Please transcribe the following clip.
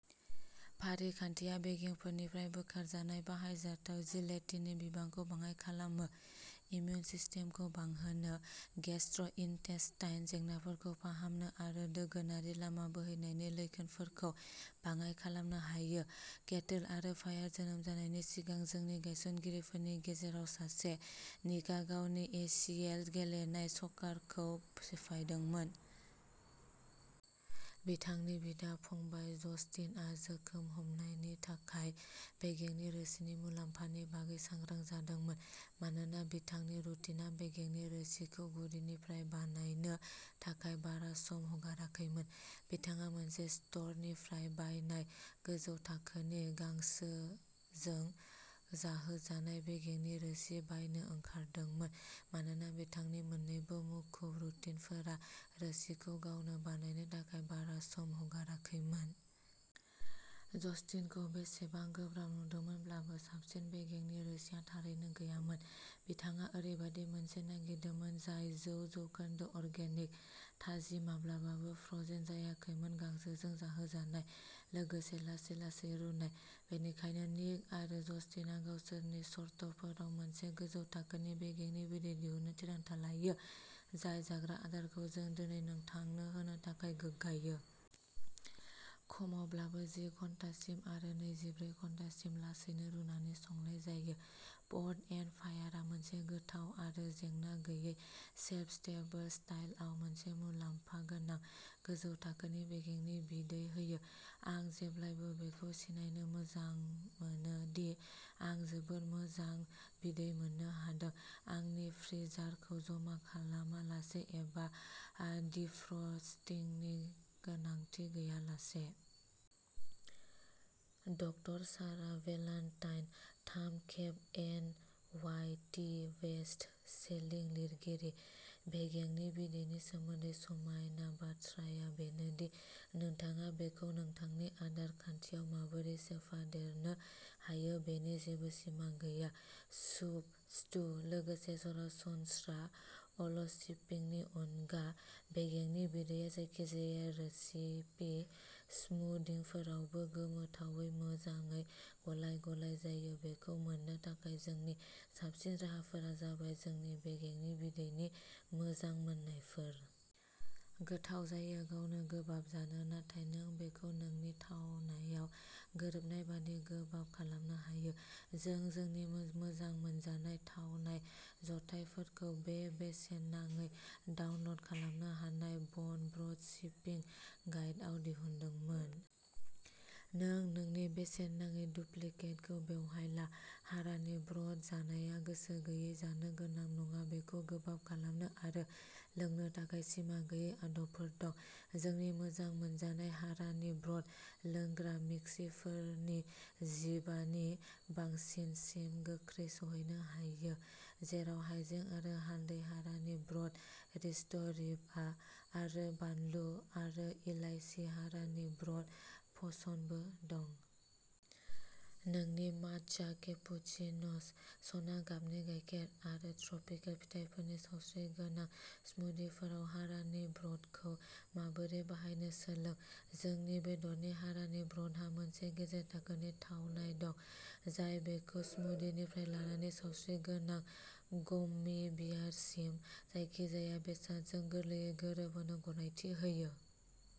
फारिखान्थिया बेगेंफोरनिफ्राय बोखारजानाय बाहायजाथाव जिलेटिननि बिबांखौ बाङाइ खालामो, इम्युन सिस्टेमखौ बांहोनो, गेस्ट्र'इन्टेस्टाइनल जेंनाफोरखौ फाहामनो आरो दोगोनारि लामा बोहैनायनि लैखोनफोरखौ बाङाइ खालामनो हायो। केटोल आरो फायार जोनोम जानायनि सिगां, जोंनि गायसनगिरिफोरनि गेजेराव सासे, निकआ गावनि ए सि एल गेलेनाय स'कारखौ सिफायदोंमोन। बिथांनि बिदा-फंबाय जस्टिनआ जोखोम हामनायनि थाखाय बेगेंनि रोसिनि मुलाम्फानि बागै सांग्रां जादोंमोन। मानोना बिथांनि रुटिनआ बेगेंनि रोसिखौ गुदिनिफ्राय बानायनो थाखाय बारा सम हगाराखैमोन, बिथाङा मोनसे स्ट'रनिफ्राय बायनाय, गोजौ थाखोनि, गांसोजों जाहोजानाय बेगेंनि रोसि बायनो ओंखारदोंमोन, मानोना बिसोरनि मोन्नैबो मुखुब रुटिनफोरा रोसिखौ गावनो बानायनो थाखाय बारा सम हगाराखैमोन।। जस्टिनखौ बेसेबां गोब्राब नुदोंमोनब्लाबो, साबसिन बेगेंनि रोसिआ थारैनो गैयामोन। बिथाङा ओरैबायदि मोनसे नागिरदोंमोन जाय जौ जौखोन्दो अर्गेनिक, थाजिम माब्लाबाबो फ्र'जेन जायाखैमोन गांसोजों जाहोजानाय, लोगोसे लासै-लासै रुनाय। बेनिखायनो, निक आरो जस्टिनआ गावसोरनि सर्तफोराव मोनसे गोजौ थाखोनि बेगेंनि बिदै दिहुननो थिरांथा लायो, जाय जाग्रा आदारखौ जों दिनै नोंथांनो होनो थाखाय गोग्गायो। खमावब्लाबो जि घन्टासिम आरो नैजिब्रै घन्टासिम लासैनो रुनानै संनाय जायो। पट एन्ड फायारआ मोनसे गोथाव आरो जेंना गैयै शेल्फ स्टेबल स्टाइलआव मोनसे मुलाम्फा गोनां, गोजौ थाखोनि बेगेंनि बिदै होयो। आं जेब्लाबो बेखौ सिनायनो मोजां मोनो दि आं जोबोद मोजां बिदै मोननो हादों, आंनि फ्रिजारखौ जमा खालामालासे एबा डिफ्रस्टिंनि गोनांथि गैयालासे। डकटर सारा बेलान्टाइन, थाम खेब N Y T best selling लिरगिरि। बेगेंनि बिदैनि सोमोन्दै समायना बाथ्राया बेनो दि नोंथाङा बेखौ नोंथांनि आदार खान्थियाव माबोरै सोफादेरनो हायो बेनि जेबो सिमा गैया। सुप, स्टु, लोगोसे सरासनस्रा अल'सिपिंनि अनगा, बेगेंनि बिदैया जायखिजाया रेसिपि स्मूदिफोरावबो गोमोथावै मोजाङै गलाय-गलाय जायो बेखौ मोन्नो थाखाय जोंनि साबसिन राहाफोरा जाबाय जोंनि बेगेंनि बिदैनि मोजां मोननायफोर। गोथाव जायो गावनो गोबाब जानो, नाथाय नों बेखौ नोंनि थावनायाव गोरोबनाय बादि गोबाब खालामनो हायो। जों जोंनि मोजां मोनजानाय थावनाय जथायफोरखौ बे बेसेन नाङै डाउनल'ड खालामनो हानाय बन ब्र'थ सिपिं गाइड आव दिहुनदोंमोन। नों नोंनि बेसेन नाङै डुप्लिकेटखौ बेवहाय ला। हारानि ब्र'थ जानाया गोसो गैयै जानो गोनां नङा बेखौ गोबाब खालामनो आरो लोंनो थाखाय सिमा गैयै आदबफोर दं। जोंनि मोजां मोनजानाय हारानि ब्र'थ लोंग्रा मिक्सफोरनि जिबा नि बांसिनसिम गोख्रै सौहैनो हायो, जेराव हायजें आरो हालदै हारानि ब्र'थ रिस्ट'रेटिभ आरो बानलु, आरो इलायसि हारानि ब्र'थ पशनबो दं। नोंनि माचा केपुसिन'स, सना गाबनि गायखेर, आरो ट्रपिकेल फिथाइफोरनि सावस्रिगोनां स्मूदिफोराव हारानि ब्र'थखौ माबोरै बाहायनो सोलों। जोंनि बेदरनि हारानि ब्र'थहा मोनसे गेजेर थाखोनि थावनाय दं, जाय बेखौ स्मूदिनिफ्राय लानानै सावस्रिगोनां गाममि बियारसिम जायखिजाया बेसादजों गोरलैयै गोरोबहोनो गनायथि होयो।